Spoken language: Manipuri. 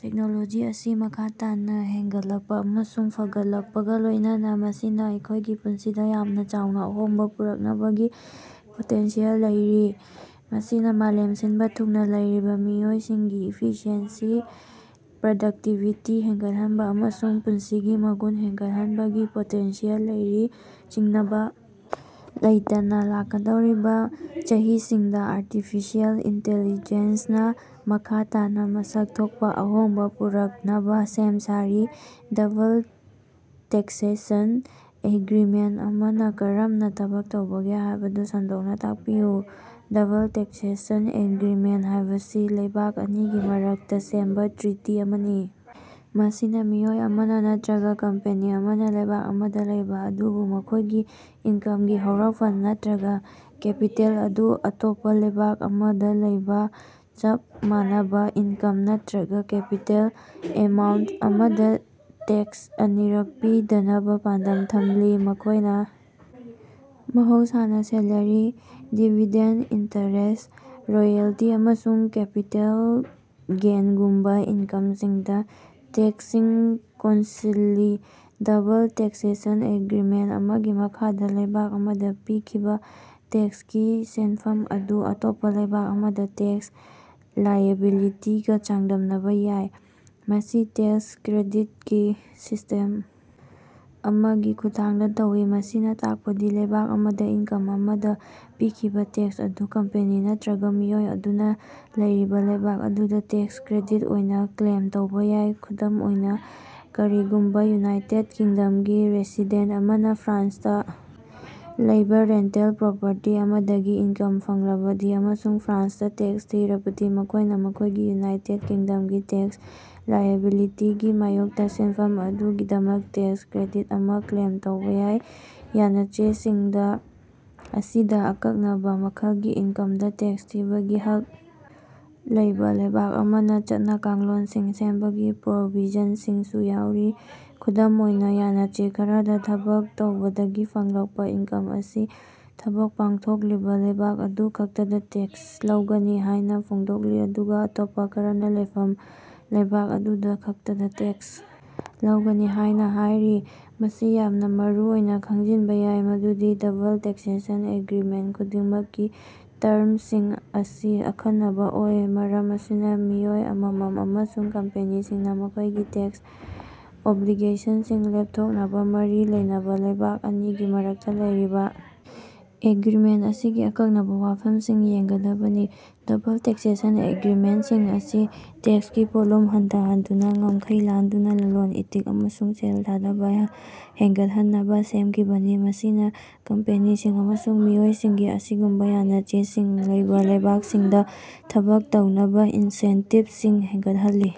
ꯇꯦꯛꯅꯣꯂꯣꯖꯤ ꯑꯁꯤ ꯃꯈꯥ ꯇꯥꯅ ꯍꯦꯟꯒꯠꯂꯛꯄ ꯑꯃꯁꯨꯡ ꯐꯒꯠꯂꯛꯄꯒ ꯂꯣꯏꯅꯅ ꯃꯁꯤꯅ ꯑꯩꯈꯣꯏꯒꯤ ꯄꯨꯟꯁꯤꯗ ꯌꯥꯝꯅ ꯆꯥꯎꯅ ꯑꯍꯣꯡꯕ ꯄꯨꯔꯛꯅꯕꯒꯤ ꯄꯣꯇꯦꯟꯁꯤꯌꯦꯜ ꯂꯩꯔꯤ꯫ ꯃꯁꯤꯅ ꯃꯥꯂꯦꯝ ꯁꯤꯟꯕ ꯊꯨꯡꯅ ꯂꯩꯔꯤꯕ ꯃꯤꯑꯣꯏꯁꯤꯡꯒꯤ ꯏꯐꯤꯁꯤꯑꯦꯟꯁꯤ, ꯄ꯭ꯔꯗꯛꯇꯤꯚꯤꯇꯤ ꯍꯦꯟꯒꯠꯍꯟꯕ ꯑꯃꯁꯨꯡ ꯄꯨꯟꯁꯤꯒꯤ ꯃꯒꯨꯟ ꯍꯦꯟꯒꯠꯍꯟꯕꯒꯤ ꯄꯣꯇꯦꯟꯁꯤꯌꯦꯜ ꯂꯩꯔꯤ꯫ ꯆꯤꯡꯅꯕ ꯂꯩꯇꯅ, ꯂꯥꯛꯀꯗꯧꯔꯤꯕ ꯆꯍꯤꯁꯤꯡꯗ ꯑꯥꯔꯇꯤꯐꯤꯁꯤꯌꯦꯜ ꯏꯟꯇꯦꯂꯤꯖꯦꯟꯁꯅ ꯃꯈꯥ ꯇꯥꯅ ꯃꯁꯛ ꯊꯣꯛꯄ ꯑꯍꯣꯡꯕ ꯄꯨꯔꯛꯅꯕ ꯁꯦꯝ ꯁꯥꯔꯤ꯫ ꯗꯕꯜ ꯇꯦꯛꯁꯦꯁꯟ ꯑꯦꯒ꯭ꯔꯤꯃꯦꯟꯇ ꯑꯃꯅ ꯀꯔꯝꯅ ꯊꯕꯛ ꯇꯧꯕꯒꯦ ꯍꯥꯏꯕꯗꯨ ꯁꯟꯗꯣꯛꯅ ꯇꯥꯛꯄꯤꯌꯨ꯫ ꯗꯕꯜ ꯇꯦꯛꯁꯦꯁꯟ ꯑꯦꯒ꯭ꯔꯤꯃꯦꯟꯇ ꯍꯥꯏꯕꯁꯤ ꯂꯩꯕꯥꯛ ꯑꯅꯤꯒꯤ ꯃꯔꯛꯇ ꯁꯦꯝꯕ ꯇ꯭ꯔꯤꯇꯤ ꯑꯃꯅꯤ꯫ ꯃꯁꯤꯅ ꯃꯤꯑꯣꯏ ꯑꯃꯅ ꯅꯠꯇ꯭ꯔꯒ ꯀꯝꯄꯦꯅꯤ ꯑꯃꯅ ꯂꯩꯕꯥꯛ ꯑꯃꯗ ꯂꯩꯕ ꯑꯗꯨꯕꯨ ꯃꯈꯣꯏꯒꯤ ꯏꯟꯀꯝꯒꯤ ꯍꯧꯔꯛꯐꯝ ꯅꯠꯇ꯭ꯔꯒ ꯀꯦꯄꯤꯇꯦꯜ ꯑꯗꯨ ꯑꯇꯣꯞꯄ ꯂꯩꯕꯥꯛ ꯑꯃꯗ ꯂꯩꯕ, ꯆꯞ ꯃꯥꯟꯅꯕ ꯏꯟꯀꯝ ꯅꯠꯇ꯭ꯔꯒ ꯀꯦꯄꯤꯇꯦꯜ ꯑꯦꯃꯥꯎꯟꯇ ꯑꯃꯗ ꯇꯦꯛꯁ ꯑꯅꯤꯔꯛ ꯄꯤꯗꯅꯕ ꯄꯥꯟꯗꯝ ꯊꯝꯂꯤ꯫ ꯃꯈꯣꯏꯅ ꯃꯍꯧꯁꯥꯅ ꯁꯦꯂꯔꯤ, ꯗꯤꯕꯤꯗꯦꯟꯗ, ꯏꯟꯇꯔꯦꯁꯠ, ꯔꯣꯌꯦꯜꯇꯤ, ꯑꯃꯁꯨꯡ ꯀꯦꯄꯤꯇꯦꯜ ꯒꯦꯟꯒꯨꯝꯕ ꯏꯟꯀꯝꯁꯤꯡꯗ ꯇꯦꯛꯁꯁꯤꯡ ꯀꯣꯟꯁꯤꯜꯂꯤ꯫ ꯗꯕꯜ ꯇꯦꯛꯁꯦꯁꯟ ꯑꯦꯒ꯭ꯔꯤꯃꯦꯟꯇ ꯑꯃꯒꯤ ꯃꯈꯥꯗ ꯂꯩꯕꯥꯛ ꯑꯃꯗ ꯄꯤꯈꯤꯕ ꯇꯦꯛꯁꯀꯤ ꯁꯦꯟꯐꯝ ꯑꯗꯨ ꯑꯇꯣꯞꯄ ꯂꯩꯕꯥꯛ ꯑꯃꯗ ꯇꯦꯛꯁ ꯂꯥꯏꯑꯦꯕꯤꯂꯤꯇꯤꯒ ꯆꯥꯡꯗꯝꯅꯕ ꯌꯥꯏ꯫ ꯃꯁꯤ ꯇꯦꯛꯁ ꯀ꯭ꯔꯦꯗꯤꯠꯀꯤ ꯁꯤꯁꯇꯦꯝ ꯑꯃꯒꯤ ꯈꯨꯠꯊꯥꯡꯗ ꯇꯧꯏ꯫ ꯃꯁꯤꯅ ꯇꯥꯛꯄꯗꯤ ꯂꯩꯕꯥꯛ ꯑꯃꯗ ꯏꯟꯀꯝ ꯑꯃꯗ ꯄꯤꯈꯤꯕ ꯇꯦꯛꯁ ꯑꯗꯨ ꯀꯝꯄꯦꯅꯤ ꯅꯠꯇ꯭ꯔꯒ ꯃꯤꯑꯣꯏ ꯑꯗꯨꯅ ꯂꯩꯔꯤꯕ ꯂꯩꯕꯥꯛ ꯑꯗꯨꯗ ꯇꯦꯛꯁ ꯀ꯭ꯔꯦꯗꯤꯠ ꯑꯣꯏꯅ ꯀ꯭ꯂꯦꯝ ꯇꯧꯕ ꯌꯥꯏ꯫ ꯈꯨꯗꯝ ꯑꯣꯏꯅ, ꯀꯔꯤꯒꯨꯝꯕ ꯌꯨꯅꯥꯏꯇꯦꯗ ꯀꯤꯡꯗꯝꯒꯤ ꯔꯦꯁꯤꯗꯦꯟꯇ ꯑꯃꯅ ꯐ꯭ꯔꯥꯟꯁꯇ ꯂꯩꯕ ꯔꯦꯟꯇꯜ ꯄ꯭ꯔꯣꯄꯔꯇꯤ ꯑꯃꯗꯒꯤ ꯏꯟꯀꯝ ꯐꯪꯂꯕꯗꯤ ꯑꯃꯁꯨꯡ ꯐ꯭ꯔꯥꯟꯁꯇ ꯇꯦꯛꯁ ꯊꯤꯔꯕꯗꯤ ꯃꯈꯣꯏꯅ ꯃꯈꯣꯏꯒꯤ ꯌꯨꯅꯥꯏꯇꯦꯗ ꯀꯤꯡꯗꯝꯒꯤ ꯇꯦꯛꯁ ꯂꯥꯏꯑꯦꯕꯤꯂꯤꯇꯤꯒꯤ ꯃꯥꯌꯣꯛꯇ ꯁꯦꯟꯐꯝ ꯑꯗꯨꯒꯤꯗꯃꯛ ꯇꯦꯛꯁ ꯀ꯭ꯔꯦꯗꯤꯠ ꯑꯃ ꯀ꯭ꯂꯦꯝ ꯇꯧꯕ ꯌꯥꯏ꯫ ꯌꯥꯅꯆꯦꯁꯤꯡ ꯑꯁꯤꯗ ꯑꯀꯛꯅꯕ ꯃꯈꯜꯒꯤ ꯏꯟꯀꯝꯗ ꯇꯦꯛꯁ ꯊꯤꯕꯒꯤ ꯍꯛ ꯂꯩꯕ ꯂꯩꯕꯥꯛ ꯑꯃꯅ ꯆꯠꯅ-ꯀꯥꯡꯂꯣꯟꯁꯤꯡ ꯁꯦꯝꯕꯒꯤ ꯄ꯭ꯔꯣꯕꯤꯖꯟꯁꯤꯡꯁꯨ ꯌꯥꯎꯔꯤ꯫ ꯈꯨꯗꯝ ꯑꯣꯏꯅ, ꯌꯥꯅꯆꯦ ꯈꯔꯗ ꯊꯕꯛ ꯇꯧꯕꯗꯒꯤ ꯐꯪꯂꯛꯄ ꯏꯟꯀꯝ ꯑꯁꯤ ꯊꯕꯛ ꯄꯥꯡꯊꯣꯛꯂꯤꯕ ꯂꯩꯕꯥꯛ ꯑꯗꯨ ꯈꯛꯇꯗ ꯇꯦꯛꯁ ꯂꯧꯒꯅꯤ ꯍꯥꯏꯅ ꯐꯣꯡꯗꯣꯛꯂꯤ ꯑꯗꯨꯒ ꯑꯇꯣꯞꯄ ꯈꯔꯅ ꯂꯩꯐꯝ ꯂꯩꯕꯥꯛ ꯑꯗꯨꯗ ꯈꯛꯇꯗ ꯇꯦꯛꯁ ꯂꯧꯒꯅꯤ ꯍꯥꯏꯅ ꯍꯥꯏꯔꯤ꯫ ꯃꯁꯤ ꯌꯥꯝꯅ ꯃꯔꯨꯑꯣꯏꯅ ꯈꯪꯖꯤꯟꯕ ꯌꯥꯏ ꯃꯗꯨꯗꯤ ꯗꯕꯜ ꯇꯦꯛꯁꯦꯁꯟ ꯑꯦꯒ꯭ꯔꯤꯃꯦꯟꯇ ꯈꯨꯗꯤꯡꯃꯛꯀꯤ ꯇꯔꯝꯁꯤꯡ ꯑꯁꯤ ꯑꯈꯟꯅꯕ ꯑꯣꯏ꯫ ꯃꯔꯝ ꯑꯁꯤꯅ ꯃꯤꯑꯣꯏ ꯑꯃꯃꯝ ꯑꯃꯁꯨꯡ ꯀꯝꯄꯦꯅꯤꯁꯤꯡꯅ ꯃꯈꯣꯏꯒꯤ ꯇꯦꯛꯁ ꯑꯣꯕ꯭ꯂꯤꯒꯦꯁꯟꯁꯤꯡ ꯂꯦꯞꯊꯣꯛꯅꯕ ꯃꯔꯤ ꯂꯩꯅꯕ ꯂꯩꯕꯥꯛ ꯑꯅꯤꯒꯤ ꯃꯔꯛꯇ ꯂꯩꯔꯤꯕ ꯑꯦꯒ꯭ꯔꯤꯃꯦꯟꯇ ꯑꯁꯤꯒꯤ ꯑꯀꯛꯅꯕ ꯋꯥꯐꯝꯁꯤꯡ ꯌꯦꯡꯒꯗꯕꯅꯤ꯫ ꯗꯕꯜ ꯇꯦꯛꯁꯦꯁꯟ ꯑꯦꯒ꯭ꯔꯤꯃꯦꯟꯇꯁꯤꯡ ꯑꯁꯤ ꯇꯦꯛꯁꯀꯤ ꯄꯣꯠꯂꯨꯝ ꯍꯟꯊꯍꯟꯗꯨꯅ ꯉꯝꯈꯩ ꯂꯥꯟꯗꯨꯅ ꯂꯂꯣꯟ-ꯏꯇꯤꯛ ꯑꯃꯁꯨꯡ ꯁꯦꯜ ꯊꯥꯗꯕ ꯍꯦꯟꯒꯠꯍꯟꯅꯕ ꯁꯦꯝꯈꯤꯕꯅꯤ꯫ ꯃꯁꯤꯅ ꯀꯝꯄꯦꯅꯤꯁꯤꯡ ꯑꯃꯁꯨꯡ ꯃꯤꯑꯣꯏꯁꯤꯡꯅ ꯑꯁꯤꯒꯨꯝꯕ ꯌꯥꯅꯆꯦꯁꯤꯡ ꯂꯩꯕ ꯂꯩꯕꯥꯛꯁꯤꯡꯗ ꯊꯕꯛ ꯇꯧꯅꯕ ꯏꯟꯁꯦꯟꯇꯤꯚꯁꯤꯡ ꯍꯦꯟꯒꯠꯍꯜꯂꯤ꯫